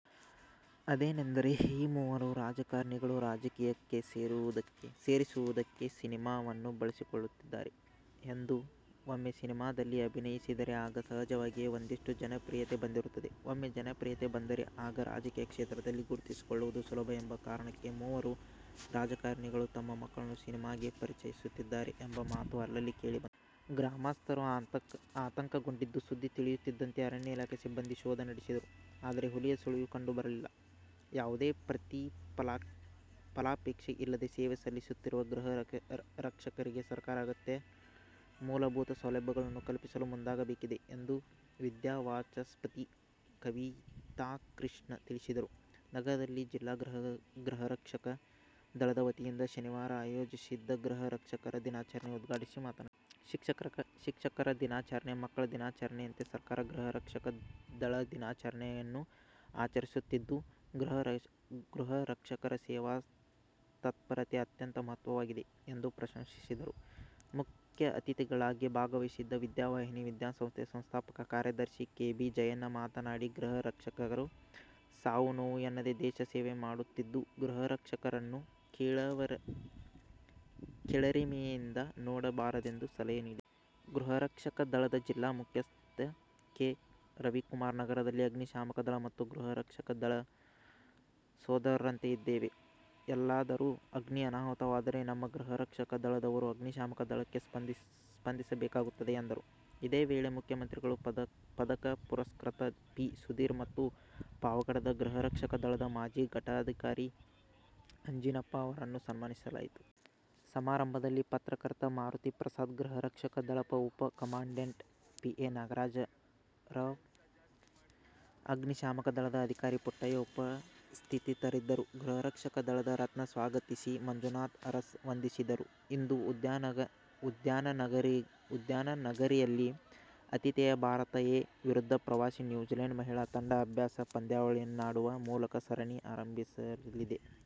ಅದೇನೆಂದರೆ, ಈ ಮೂವರೂ ರಾಜಕಾರಣಿಗಳು, ರಾಜಕೀಯಕ್ಕೆ ಸೇರಿಸುವುದಕ್ಕೆ ಸಿನಿಮಾವನ್ನು ಬಳಸಿಕೊಳ್ಳುತ್ತಿದ್ದಾರೆ ಎಂದು. ಒಮ್ಮೆ ಸಿನಿಮಾದಲ್ಲಿ ಅಭಿನಯಿಸಿದರೆ, ಆಗ ಸಹಜವಾಗಿಯೇ ಒಂದಿಷ್ಟು ಜನಪ್ರಿಯತೆ ಬಂದಿರುತ್ತದೆ. ಒಮ್ಮೆ ಜನಪ್ರಿಯತೆ ಬಂದರೆ, ಆಗ ರಾಜಕೀಯ ಕ್ಷೇತ್ರದಲ್ಲಿ ಗುರುತಿಸಿಕೊಳ್ಳುವುದು ಸುಲಭ ಎಂಬ ಕಾರಣಕ್ಕೆ ಮೂವರು ರಾಜಕಾರಣಿಗಳು ತಮ್ಮ ಮಕ್ಕಳನ್ನು ಸಿನಿಮಾಗೆ ಪರಿಚಯಿಸುತ್ತಿದ್ದಾರೆ ಎಂಬ ಮಾತು ಅಲ್ಲಲ್ಲಿ ಕೇಳಿ ಬಂತು. ಗ್ರಾಮಸ್ಥರು ಆತಂಕಗೊಂಡಿದ್ದು, ಸುದ್ದಿ ತಿಳಿಯುತ್ತಿದ್ದಂತೆ ಅರಣ್ಯ ಇಲಾಖೆ ಸಿಬ್ಬಂದಿ ಶೋಧ ನಡೆಸಿದರು. ಆದರೆ ಹುಲಿಯ ಸುಳಿವು ಕಂಡು ಬರಲಿಲ್ಲ. ಯಾವುದೇ ಪ್ರತಿಫಲಾಪೇಕ್ಷೆ ಇಲ್ಲದೆ ಸೇವೆ ಸಲ್ಲಿಸುತ್ತಿರುವ ಗೃಹ ರಕ್ಷಕರಿಗೆ ಸರ್ಕಾರ ಅಗತ್ಯ ಮೂಲಭೂತ ಸೌಲಭ್ಯಗಳನ್ನು ಕಲ್ಪಿಸಲು ಮುಂದಾಗಬೇಕಿದೆ ಎಂದು ವಿದ್ಯಾವಾಚಸ್ಪತಿ ಕವಿತಾಕೃಷ್ಣ ತಿಳಿಸಿದರು. ನಗರದಲ್ಲಿ ಜಿಲ್ಲಾಗೃಹರಕ್ಷಕ ದಳದ ವತಿಯಿಂದ ಶನಿವಾರ ಆಯೋಜಿಸಿದ್ದ ಗೃಹ ರಕ್ಷಕರ ದಿನಾಚರಣೆ ಉದ್ಘಾಟಿಸಿ ಮಾತನಾಡಿದರು. ಶಿಕ್ಷಕರ ದಿನಾಚರಣೆ, ಮಕ್ಕಳ ದಿನಾಚರಣೆಯಂತೆ ಸರ್ಕಾರ ಗೃಹರಕ್ಷಕ ದಳದಿನಾಚರಣೆಯನ್ನು ಆಚರಿಸುತ್ತಿದ್ದು, ಗೃಹ ರಕ್ಷಕರ ಸೇವಾ ತತ್ಪರತೆ ಅತ್ಯಂತ ಮಹತ್ವದ್ದಾಗಿದೆ ಎಂದು ಪ್ರಶಂಸಿಸಿದರು. ಮುಖ್ಯಅತಿಥಿಗಳಾಗಿ ಭಾಗವಹಿಸಿದ್ದ ವಿದ್ಯಾವಾಹಿನಿ ವಿದ್ಯಾಸಂಸ್ಥೆಯ ಸಂಸ್ಥಾಪಕ ಕಾರ್ಯದರ್ಶಿ ಕೆ. ಬಿ. ಜಯಣ್ಣ ಮಾತನಾಡಿ, ಗೃಹ ರಕ್ಷಕರು ಸಾವು-ನೋವು ಎನ್ನದೇ ದೇಶ ಸೇವೆ ಮಾಡುತ್ತಿದ್ದು ಗೃಹರಕ್ಷಕರನ್ನು ಕೀಳರಿಮೆಯಿಂದ ನೋಡಬಾರದೆಂದು ಸಲಹೆ ನೀಡಿದರು. ಗೃಹರಕ್ಷಕ ದಳದ ಜಿಲ್ಲಾ ಮುಖ್ಯಸ್ಥ ಕೆ. ರವಿಕುಮಾರ್, ನಗರದಲ್ಲಿ ಅಗ್ನಿಶಾಮಕ ದಳ ಮತ್ತು ಗೃಹರಕ್ಷಕ ದಳ ಸೋದರರಂತೆ ಇದ್ದೇವೆ. ಎಲ್ಲಾದರೂ ಅಗ್ನಿ ಅನಾಹುತವಾದರೆ ನಮ್ಮ ಗೃಹರಕ್ಷಕ ದಳದವರು ಅಗ್ನಿಶಾಮಕ ದಳಕ್ಕೆ ಸ್ಪಂದಿಸಬೇಕಾಗುತ್ತದೆ ಎಂದರು. ಇದೇ ವೇಳೆ ಮುಖ್ಯಮಂತ್ರಿಗಳ ಪದಕ ಪುರಸ್ಕೃತ ಪಿ. ಸುಧೀರ್ ಮತ್ತು ಪಾವಗಡದ ಗೃಹರಕ್ಷಕ ದಳದ ಮಾಜಿ ಘಟಕಾಧಿಕಾರಿ ಆಂಜಿನಪ್ಪ ಅವರನ್ನು ಸನ್ಮಾನಿಸಲಾಯಿತು. ಸಮಾರಂಭದಲ್ಲಿ ಪತ್ರಕರ್ತ ಮಾರುತಿಪ್ರಸಾದ್, ಗೃಹರಕ್ಷಕ ದಳದ ಉಪ ಕಮಾಂಡೆಂಟ್ ಪಿ. ಎ. ನಾಗರಾಜರಾವ್, ಅಗ್ನಿಶಾಮಕ ದಳದ ಅಧಿಕಾರಿ ಪುಟ್ಟಯ್ಯ ಉಪಸ್ಥಿತರಿದ್ದರು. ಗೃಹರಕ್ಷಕ ದಳದ ರತ್ನ ಸ್ವಾಗತಿಸಿ, ಮಂಜುನಾಥ ಅರಸ್ ವಂದಿಸಿದರು. ಇಂದು ಉದ್ಯಾನನಗರಿಯಲ್ಲಿ ಆತಿಥೇಯ ಭಾರತ ಎ' ವಿರುದ್ಧ ಪ್ರವಾಸಿ ನ್ಯೂಜಿಲೆಂಡ್ ಮಹಿಳಾ ತಂಡ ಅಭ್ಯಾಸ ಪಂದ್ಯವನ್ನಾಡುವ ಮೂಲಕ ಸರಣಿ ಆರಂಭಿಸಲಿದೆ.